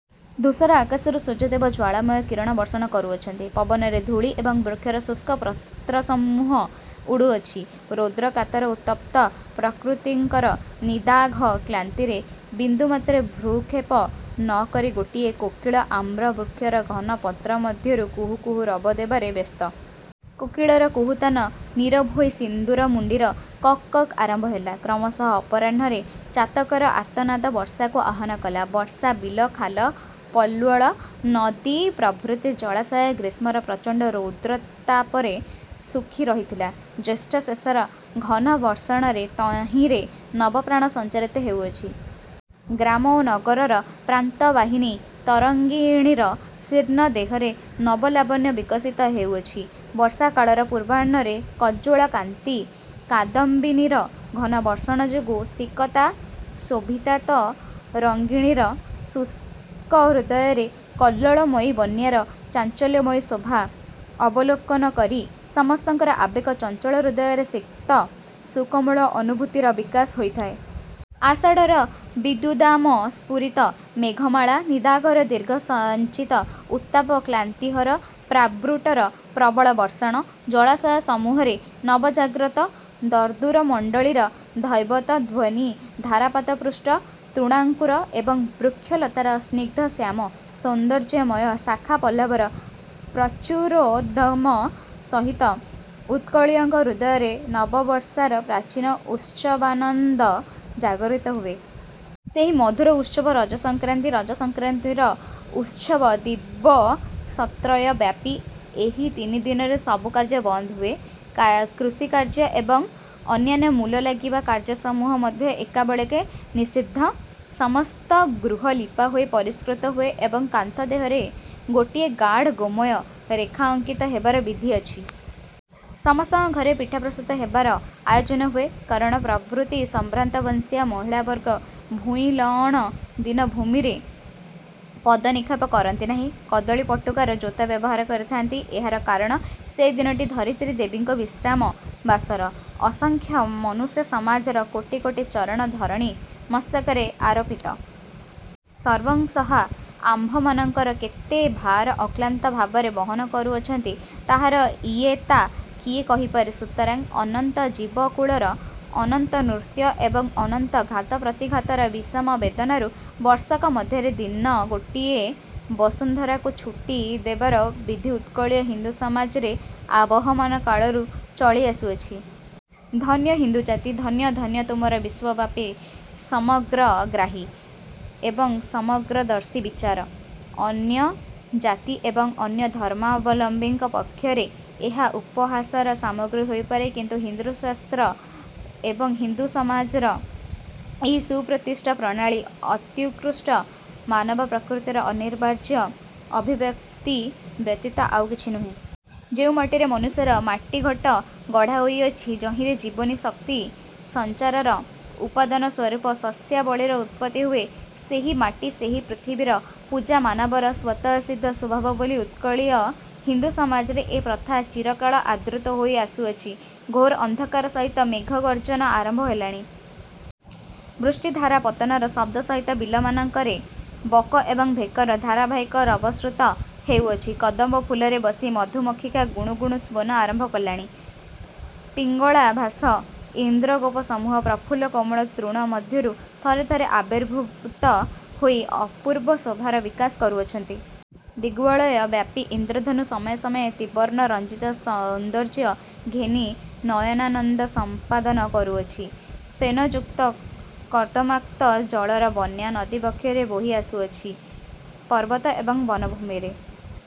ଧୂସର ଆକାଶରୁ ସୂର୍ଯ୍ୟଦେବ ଜ୍ୱାଳାମୟ କିରଣ ବର୍ଷଣ କରୁଅଛନ୍ତି। ପବନରେ ଧୂଳି ଏବଂ ବୃକ୍ଷର ଶୁଷ୍କ ପତ୍ରସମୂହ ଉଡ଼ୁଅଛି, ରୌଦ୍ରକାତର ଉତ୍ତପ୍ତ ପ୍ରକୃତିଙ୍କର ନିଦାଘ କ୍ଳାନ୍ତିରେ ବିନ୍ଦୁମାତ୍ର ଭ୍ରୂକ୍ଷେପ ନ କରି ଗୋଟିଏ କୋକିଳ ଆମ୍ର ବୃକ୍ଷର ଘନ ପତ୍ର ମଧ୍ୟରୁ କୁହୁ କୁହୁ ରବ ଦେବାରେ ବ୍ୟସ୍ତ। କୋକିଳର କୁହୁତାନ ନୀରବ ହୋଇ ସିନ୍ଦୂରମୁଣ୍ଡିର କକ୍ କକ୍ ଆରମ୍ଭ ହେଲା। କ୍ରମଶଃ ଅପରାହ୍ଣରେ ଚାତକର ଆର୍ତ୍ତନାଦ ବର୍ଷାକୁ ଆହ୍ୱାନ କଲା। ବର୍ଷା ବିଲ, ଖାଲ, ପଲ୍ୱଳ ନଦୀ ପ୍ରଭୃତି ଜଳାଶୟ ଗ୍ରୀଷ୍ମର ପ୍ରଚଣ୍ଡ ରୌଦ୍ରୋତ୍ତାପରେ ଶୁଖି ରହିଥିଲା, ଜ୍ୟେଷ୍ଠ ଶେଷର ଘନ ବର୍ଷଣରେ ତହିଁରେ ନବପ୍ରାଣ ସଞ୍ଚାରିତ ହେଉଅଛି। ଗ୍ରାମ ଓ ନଗରର ପ୍ରାନ୍ତବାହିନୀ ତରଙ୍ଗିଣୀର ଶୀର୍ଣ୍ଣ ଦେହରେ ନବ ଲାବଣ୍ୟ ବିକଶିତ ହେଉଅଛି। ବର୍ଷାକାଳର ପୂର୍ବାହ୍ଣରେ କଜ୍ଜଳକାନ୍ତି କାଦମ୍ବିନୀର ଘନ ବର୍ଷଣ ଯୋଗୁଁ ସିକତାଶୋଭିତାତରଙ୍ଗିଣୀର ଶୁଷ୍କ ହୃଦୟରେ କଲ୍ଲୋଳମୟୀ ବନ୍ୟାର ଚାଞ୍ଚଲ୍ୟମୟୀ ଶୋଭା ଅବଲୋକନ କରି ସମସ୍ତଙ୍କର ଆବେଗ ଚଞ୍ଚଳ ହୃଦୟରେ ସିକ୍ତ ସୁକୋମଳ ଅନୁଭୂତିର ବିକାଶ ହୋଇଥାଏ। ଆଷାଢ଼ର ବିଦ୍ୟୁଦ୍ଦାମସ୍ଫୁରିତ ମେଘମାଳା, ନିଦାଘର ଦୀର୍ଘସଞ୍ଚିତ ଉତ୍ତାପ କ୍ଳାନ୍ତିହର ପ୍ରାବୃଟର ପ୍ରବଳ ବର୍ଷଣ, ଜଳାଶୟସମୂହରେ ନବଜାଗ୍ରତ ଦର୍ଦ୍ଦୂରମଣ୍ଡଳୀର ଧୈବତ ଧ୍ୱନି ଧାରାପାତପୁଷ୍ଟ ତୃଣାଙ୍କୁର ଏବଂ ବୃକ୍ଷ ଲତାର ସ୍ନିଗ୍ଧ ଶ୍ୟାମ ସୌନ୍ଦର୍ଯ୍ୟମୟ ଶାଖାପଲ୍ଲବର ପ୍ରଚୁରୋଦ୍ଗମ ସହିତ ଉତ୍କଳୀୟଙ୍କ ହୃଦୟରେ ନବବର୍ଷାର ପ୍ରାଚୀନ ଉତ୍ସବାନନ୍ଦ ଜାଗରିତ ହୁଏ। ସେହି ମଧୁର ଉତ୍ସବ ରଜସଂକ୍ରାନ୍ତି। ରଜସଂକ୍ରାନ୍ତିର ଉତ୍ସବ ଦିବସତ୍ରୟବ୍ୟାପୀ ଏହି ତିନି ଦିନରେ ସବୁ କାର୍ଯ୍ୟ ବନ୍ଦ ହୁଏ। କୃଷିକାର୍ଯ୍ୟ ଏବଂ ଅନ୍ୟାନ୍ୟ ମୂଲ ଲାଗିବା କାର୍ଯ୍ୟସମୂହ ମଧ୍ୟ ଏକାବେଳକେ ନିଷିଦ୍ଧ। ସମସ୍ତ ଗୃହ ଲିପା ହୋଇ ପରିଷ୍କୃତ ହୁଏ ଏବଂ କାନ୍ଥ ଦେହରେ ଗୋଟିଏ ଗାଢ଼ ଗୋମୟ ରେଖା ଅଙ୍କିତ ହେବାର ବିଧି ଅଛି। ସମସ୍ତଙ୍କ ଘରେ ପିଠା ପ୍ରସ୍ତୁତ ହେବାର ଆୟୋଜନ ହୁଏ। କରଣ ପ୍ରଭୃତି ସମ୍ଭ୍ରାନ୍ତବଂଶୀୟା ମହିଳାବର୍ଗ ଭୂଇଁଲଅଁଣ ଦିନ ଭୂମିରେ ପଦନିକ୍ଷେପ କରନ୍ତି ନାହିଁ, କଦଳୀପଟୁକାର ଜୋତା ବ୍ୟବହାର କରିଥାନ୍ତି। ଏହାର କାରଣ, ସେହି ଦିନଟି ଧରିତ୍ରୀଦେବୀଙ୍କ ବିଶ୍ରାମ ବାସର। ଅସଂଖ୍ୟ ମନୁଷ୍ୟସମାଜର କୋଟି କୋଟି ଚରଣ ଧରଣୀ ମସ୍ତକରେ ଆରୋପିତ। ସର୍ବଂସହା ଆମ୍ଭମାନଙ୍କର କେତେ ଭାର ଅକ୍ଳାନ୍ତଭାବରେ ବହନ କରୁଅଛନ୍ତି, ତାହାର ଇୟତ୍ତା କିଏ କହିପାରେ ସୁତରାଂ ଅନନ୍ତ ଜୀବକୁଳର ଅନନ୍ତ ନୃତ୍ୟ ଏବଂ ଅନନ୍ତ ଘାତପ୍ରତିଘାତର ବିଷମ ବେଦନାରୁ ବର୍ଷକ ମଧ୍ୟରେ ଦିନ ଗୋଟିଏ ବସୁନ୍ଧରାକୁ ଛୁଟି ଦେବାର ବିଧି ଉତ୍କଳୀୟ ହିନ୍ଦୁସମାଜରେ ଆବହମାନକାଳରୁ ଚଳି ଆସୁଅଛି। ଧନ୍ୟ ହିନ୍ଦୁ ଜାତି! ଧନ୍ୟ ଧନ୍ୟ ତୁମ୍ଭର ବିଶ୍ୱବ୍ୟାପୀ ସମଗ୍ରଗ୍ରାହୀ ଏବଂ ସମଗ୍ରଦର୍ଶୀ ବିଚାର। ଅନ୍ୟ ଜାତି ଏବଂ ଅନ୍ୟ ଧର୍ମାବଲମ୍ବିଙ୍କ ପକ୍ଷରେ ଏହା ଉପହାସର ସାମଗ୍ରୀ ହୋଇ ପାରେ କିନ୍ତୁ ହିନ୍ଦୁଶାସ୍ତ୍ର ଏବଂ ହିନ୍ଦୁସମାଜର ଏହି ସୁପ୍ରତିଷ୍ଠିତ ପ୍ରଣାଳୀ ଅତ୍ୟୁତ୍କୃଷ୍ଟ ମାନବପ୍ରକୃତିର ଅନିବାର୍ଯ୍ୟ ଅଭିବ୍ୟକ୍ତି ବ୍ୟତୀତ ଆଉ କିଛି ନୁହେ। ଯେଉଁ ମାଟିରେ ମନୁଷ୍ୟର ମାଟିଘଟ ଗଢ଼ା ହୋଇଅଛି, ଯହିଁରେ ଜୀବନୀ ଶକ୍ତି ସଞ୍ଚାରର ଉପାଦାନସ୍ୱରୂପ ଶସ୍ୟାବଳୀର ଉତ୍ପତ୍ତି ହୁଏ, ସେହି ମାଟି ସେହି ପୃଥିବୀର ପୂଜା ମାନବର ସ୍ୱତଃସିଦ୍ଧ ସ୍ୱଭାବ ବୋଲି ଉତ୍କଳୀୟ ହିନ୍ଦୁସମାଜରେ ଏ ପ୍ରଥା ଚିରକାଳ ଆଦୃତ ହୋଇ ଆସୁଅଛି! ଘୋର ଅନ୍ଧକାର ସହିତ ମେଘଗର୍ଜ୍ଜନ ଆରମ୍ଭ ହେଲାଣି। ବୃଷ୍ଟିଧାରାପତନର ଶବ୍ଦ ସହିତ ବିଲମାନଙ୍କରେ ବକ ଏବଂ ଭେକର ଧାରାବାହିକ ରବ ଶ୍ରୁତ ହେଉଅଛି। କଦମ୍ବ ଫୁଲରେ ବସି ମଧୁମକ୍ଷିକା ଗୁଣୁ ଗୁଣୁ ସ୍ୱନ ଆରମ୍ଭ କଲାଣି। ପିଙ୍ଗଳାଭାସ ଇନ୍ଦ୍ରଗୋପସମୂହ ପ୍ରଫୁଲ୍ଲ କୋମଳ ତୃଣ ମଧ୍ୟରୁ ଥରେ ଥରେ ଆବିର୍ଭୂତ ହୋଇ ଅପୂର୍ବ ଶୋଭାର ବିକାଶ କରୁଅଛନ୍ତି। ଦିଗ୍ବଳୟବ୍ୟାପୀ ଇନ୍ଦ୍ରଧନୁ ସମୟେ ସମୟେ ତ୍ରିବର୍ଣ୍ଣ ରଞ୍ଜିତ ସୌନ୍ଦର୍ଯ୍ୟ ଘେନି ନୟନାନନ୍ଦ ସମ୍ପାଦନ କରୁଅଛି। ଫେନଯୁକ୍ତ କର୍ଦମାକ୍ତ ଜଳର ବନ୍ୟା ନଦୀବକ୍ଷରେ ବୋହି ଆସୁଅଛି। ପର୍ବତ ଏବଂ ବନଭୂମିରେ